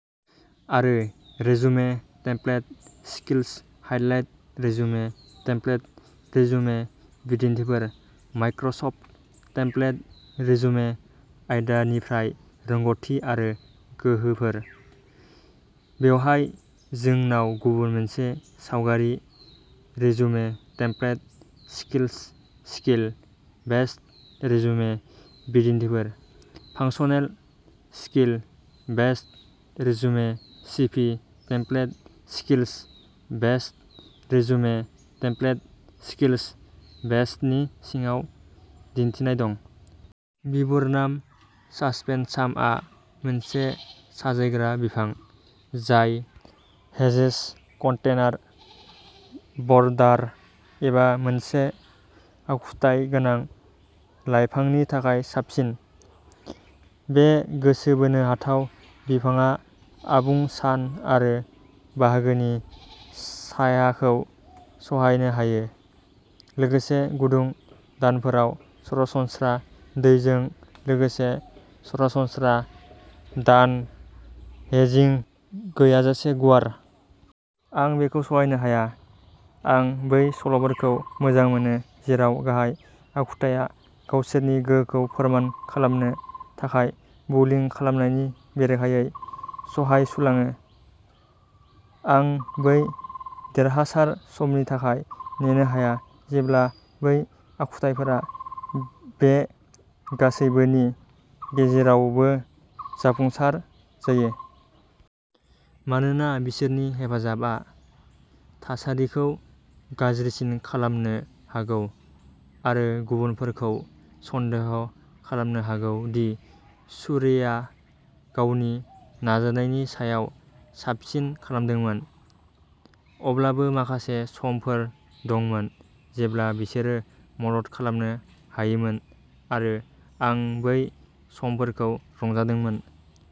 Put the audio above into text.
आरो resume template skills highlight resume template resume बिदिन्थिफोर Microsoft template resume आयदानिफ्राय रोंग'थि आरो गोहोफोर। बेवहाय जोंनाव गुबुन मोनसे सावगारि resume template skills skill based resume बिदिन्थिफोर functional skill based resume CV template skills based resume template skills बेसडनि सिङाव दिन्थिनाय दं। विबुर्नम ससपेनसामआ मोनसे साजायग्रा बिफां जाय हेजेस कनटेनार बरदार एबा मोनसे आखुथाय गोनां लाइफांनि थाखाय साबसिन। बे गोसो बोनो हाथाव बिफांआ आबुं सान आरो बाहागोनि सायाखौ सहायनो हायो। लोगोसे गुदुं दानफोराव सरासनस्रा दैजों लोगोसे सरासनस्रा दान हेजिं गैयाजासे गुवार। आं बेखौ सहायनो हाया। आं बै सल'फोरखौ मोजां मोनो जेराव गाहाय आखुथाया गावसोरनि गोहोखौ फोरमान खालामनो थाखाय बुलिं खालामनायनि बेरेखायै सहायसुलाङो। आं बै देरहासार समनि थाखाय नेनो हाया जेब्ला बै आखुथाइफोरा बे गासैबोनि गेजेरावबो जाफुंसार जायो। मानोना बिसोरनि हेफाजाबआ थासारिखौ गाज्रिसिन खालामनो हागौ आरो गुबुनफोरखौ सन्देह खालामनो हागौ दि शुरेइआ गावनि नाजानायनि सायाव साबसिन खालामदोंमोन। अब्लाबो माखासे समफोर दंमोन जेब्ला बिसोरो मदद खालामनो हायोमोन आरो आं बै समफोरखौ रंजादोंमोन।